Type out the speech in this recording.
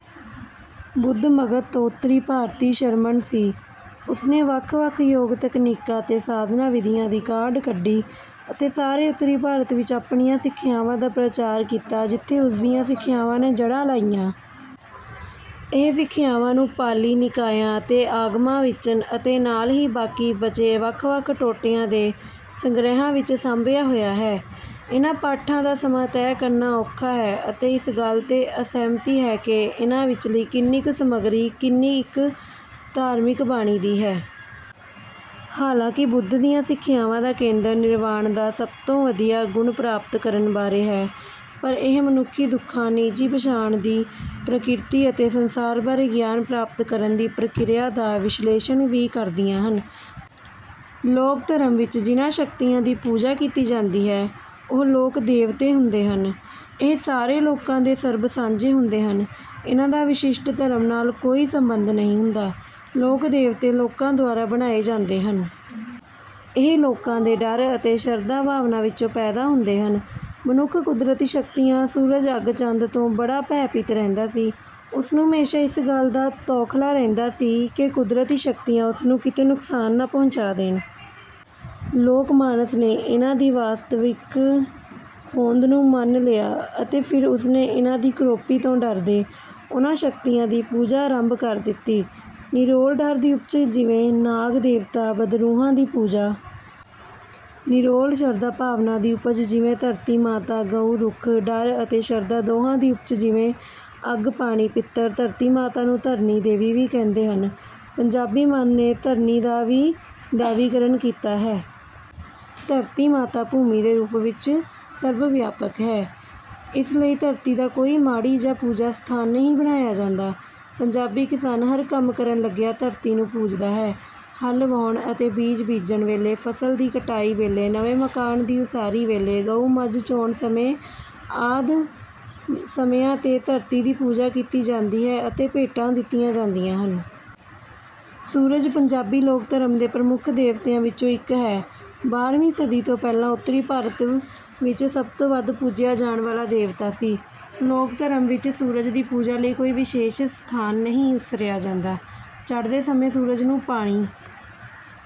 ਬੁੱਧ ਮਗਧ ਤੋਂ ਉੱਤਰੀ ਭਾਰਤੀ ਸ਼ਰਮਣ ਸੀ। ਉਸ ਨੇ ਵੱਖ ਵੱਖ ਯੋਗ ਤਕਨੀਕਾਂ ਅਤੇ ਸਾਧਨਾ ਵਿਧੀਆਂ ਦੀ ਕਾਢ ਕੱਢੀ ਅਤੇ ਸਾਰੇ ਉੱਤਰੀ ਭਾਰਤ ਵਿੱਚ ਆਪਣੀਆਂ ਸਿੱਖਿਆਵਾਂ ਦਾ ਪ੍ਰਚਾਰ ਕੀਤਾ ਜਿੱਥੇ ਉਸ ਦੀਆਂ ਸਿੱਖਿਆਵਾਂ ਨੇ ਜੜ੍ਹਾਂ ਲਾਈਆਂ। ਇਹ ਸਿੱਖਿਆਵਾਂ ਨੂੰ ਪਾਲੀ ਨਿਕਾਇਆਂ ਅਤੇ ਆਗਮਾਂ ਵਿੱਚ ਅਤੇ ਨਾਲ ਹੀ ਬਾਕੀ ਬਚੇ ਵੱਖ ਵੱਖ ਟੋਟਿਆਂ ਦੇ ਸੰਗ੍ਰਿਹਾਂ ਵਿੱਚ ਸਾਂਭਿਆ ਹੋਇਆ ਹੈ। ਇਹਨਾਂ ਪਾਠਾਂ ਦਾ ਸਮਾਂ ਤੈਅ ਕਰਨਾ ਔਖਾ ਹੈ ਅਤੇ ਇਸ ਗੱਲ ਤੇ ਅਸਹਿਮਤੀ ਹੈ ਕਿ ਇਨ੍ਹਾਂ ਵਿੱਚਲੀ ਕਿੰਨੀ ਕੁ ਸਮੱਗਰੀ ਕਿੰਨੀ ਇੱਕ ਧਾਰਮਿਕ ਬਾਣੀ ਦੀ ਹੈ। ਹਾਲਾਂਕਿ ਬੁੱਧ ਦੀਆਂ ਸਿੱਖਿਆਵਾਂ ਦਾ ਕੇਂਦਰ ਨਿਰਵਾਣ ਦਾ ਸਭ ਤੋਂ ਵਧੀਆ ਗੁਣ ਪ੍ਰਾਪਤ ਕਰਨ ਬਾਰੇ ਹੈ ਪਰ ਇਹ ਮਨੁੱਖੀ ਦੁੱਖਾਂ ਨਿੱਜੀ ਪਛਾਣ ਦੀ ਪ੍ਰਕਿਰਤੀ ਅਤੇ ਸੰਸਾਰ ਬਾਰੇ ਗਿਆਨ ਪ੍ਰਾਪਤ ਕਰਨ ਦੀ ਪ੍ਰਕਿਰਿਆ ਦਾ ਵਿਸ਼ਲੇਸ਼ਣ ਵੀ ਕਰਦੀਆਂ ਹਨ। ਲੋਕ ਧਰਮ ਵਿੱਚ ਜਿਨ੍ਹਾਂ ਸ਼ਕਤੀਆਂ ਦੀ ਪੂਜਾ ਕੀਤੀ ਜਾਂਦੀ ਹੈ ਉਹ ਲੋਕ ਦੇਵਤੇ ਹੁੰਦੇ ਹਨ। ਇਹ ਸਾਰੇ ਲੋਕਾਂ ਦੇ ਸਰਬ ਸਾਂਝੇ ਹੁੰਦੇ ਹਨ ਇਹਨਾਂ ਦਾ ਵਿਸ਼ਿਸ਼ਟ ਧਰਮ ਨਾਲ ਕੋਈ ਸੰਬੰਧ ਨਹੀਂ ਹੁੰਦਾ। ਲੋਕ ਦੇਵਤੇ ਲੋਕਾਂ ਦੁਆਰਾ ਬਣਾਏ ਜਾਂਦੇ ਹਨ। ਇਹ ਲੋਕਾਂ ਦੇ ਡਰ ਅਤੇ ਸ਼ਰਧਾ ਭਾਵਨਾ ਵਿੱਚੋਂ ਪੈਦਾ ਹੁੰਦੇ ਹਨ। ਮਨੁੱਖ ਕੁਦਰਤੀ ਸ਼ਕਤੀਆਂ ਸੂਰਜ ਅੱਗ ਚੰਦ ਤੋਂ ਬੜਾ ਭੈ ਭੀਤ ਰਹਿੰਦਾ ਸੀ। ਉਸਨੂੰ ਹਮੇਸ਼ਾ ਇਸ ਗੱਲ ਦਾ ਤੌਖਲਾ ਰਹਿੰਦਾ ਸੀ ਕਿ ਕੁਦਰਤੀ ਸ਼ਕਤੀਆਂ ਉਸ ਨੂੰ ਕਿਤੇ ਨੁਕਸਾਨ ਨਾ ਪਹੁੰਚਾ ਦੇਣ। ਲੋਕ ਮਾਨਸ ਨੇ ਇਹਨਾਂ ਦੀ ਵਾਸਤਵਿਕ ਹੋਂਦ ਨੂੰ ਮੰਨ ਲਿਆ ਅਤੇ ਫਿਰ ਉਸ ਨੇ ਇਨ੍ਹਾਂ ਦੀ ਕ੍ਰੋਪੀ ਤੋਂ ਡਰਦੇ ਉਹਨਾਂ ਸ਼ਕਤੀਆਂ ਦੀ ਪੂਜਾ ਆਰੰਭ ਕਰ ਦਿੱਤੀ। ਨਿਰੋਲ ਡਰ ਦੀ ਉਪਜ ਜਿਵੇਂ ਨਾਗ ਦੇਵਤਾ ਬਦਰੂਹਾਂ ਦੀ ਪੂਜਾ। ਨਿਰੋਲ ਸ਼ਰਧਾ ਭਾਵਨਾ ਦੀ ਉਪਜ ਜਿਵੇਂ ਧਰਤੀ ਮਾਤਾ ਗਊ ਰੁੱਖ। ਡਰ ਅਤੇ ਸ਼ਰਧਾ ਦੋਹਾਂ ਦੀ ਉਪਜ ਜਿਵੇਂ ਅੱਗ ਪਾਣੀ ਪਿੱਤਰ। ਧਰਤੀ ਮਾਤਾ ਨੂੰ ਧਰਨੀ ਦੇਵੀ ਵੀ ਕਹਿੰਦੇ ਹਨ। ਪੰਜਾਬੀ ਮਨ ਨੇ ਧਰਤੀ ਦਾ ਵੀ ਦੈਵੀਕਰਨ ਕੀਤਾ ਹੈ। ਧਰਤੀ ਮਾਤਾ ਭੂਮੀ ਦੇ ਰੂਪ ਵਿੱਚ ਸਰਵਵਿਆਪਕ ਹੈ ਇਸ ਲਈ ਧਰਤੀ ਦੀ ਕੋਈ ਮਾੜੀ ਜਾਂ ਪੂਜਾ ਸਥਾਨ ਨਹੀਂ ਬਣਾਇਆ ਜਾਂਦਾ। ਪੰਜਾਬੀ ਕਿਸਾਨ ਹਰ ਕੰਮ ਕਰਨ ਲੱਗਿਆ ਧਰਤੀ ਨੂੰ ਪੂਜਦਾ ਹੈ। ਹਲ ਵਾਹੁਣ ਅਤੇ ਬੀਜ ਬੀਜਣ ਵੇਲੇ ਫਸਲ ਦੀ ਕਟਾਈ ਵੇਲੇ ਨਵੇਂ ਮਕਾਨ ਦੀ ਉਸਾਰੀ ਵੇਲੇ ਗਊ ਮੱਝ ਚੋਣ ਸਮੇਂ ਆਦਿ ਸਮਿਆਂ ਤੇ ਧਰਤੀ ਦੀ ਪੂਜਾ ਕੀਤੀ ਜਾਂਦੀ ਹੈ ਅਤੇ ਭੇਟਾਂ ਦਿੱਤੀਆਂ ਜਾਂਦੀਆਂ ਹਨ। ਸੂਰਜ ਪੰਜਾਬੀ ਲੋਕ ਧਰਮ ਦੇ ਪ੍ਰਮੁੱਖ ਦੇਵਤਿਆਂ ਵਿੱਚੋਂ ਇੱਕ ਹੈ। ਬਾਰ੍ਹਵੀਂ ਸਦੀ ਤੋਂ ਪਹਿਲਾਂ ਉੱਤਰੀ ਭਾਰਤ ਵਿੱਚ ਸਭ ਤੋਂ ਵੱਧ ਪੂਜਿਆ ਜਾਣ ਵਾਲਾ ਦੇਵਤਾ ਸੀ। ਲੋਕ ਧਰਮ ਵਿੱਚ ਸੂਰਜ ਦੀ ਪੂਜਾ ਲਈ ਕੋਈ ਵਿਸ਼ੇਸ਼ ਸਥਾਨ ਨਹੀਂ ਉਸਾਰਿਆ ਜਾਂਦਾ। ਚੜ੍ਹਦੇ ਸੂਰਜ ਨੂੰ ਪਾਣੀ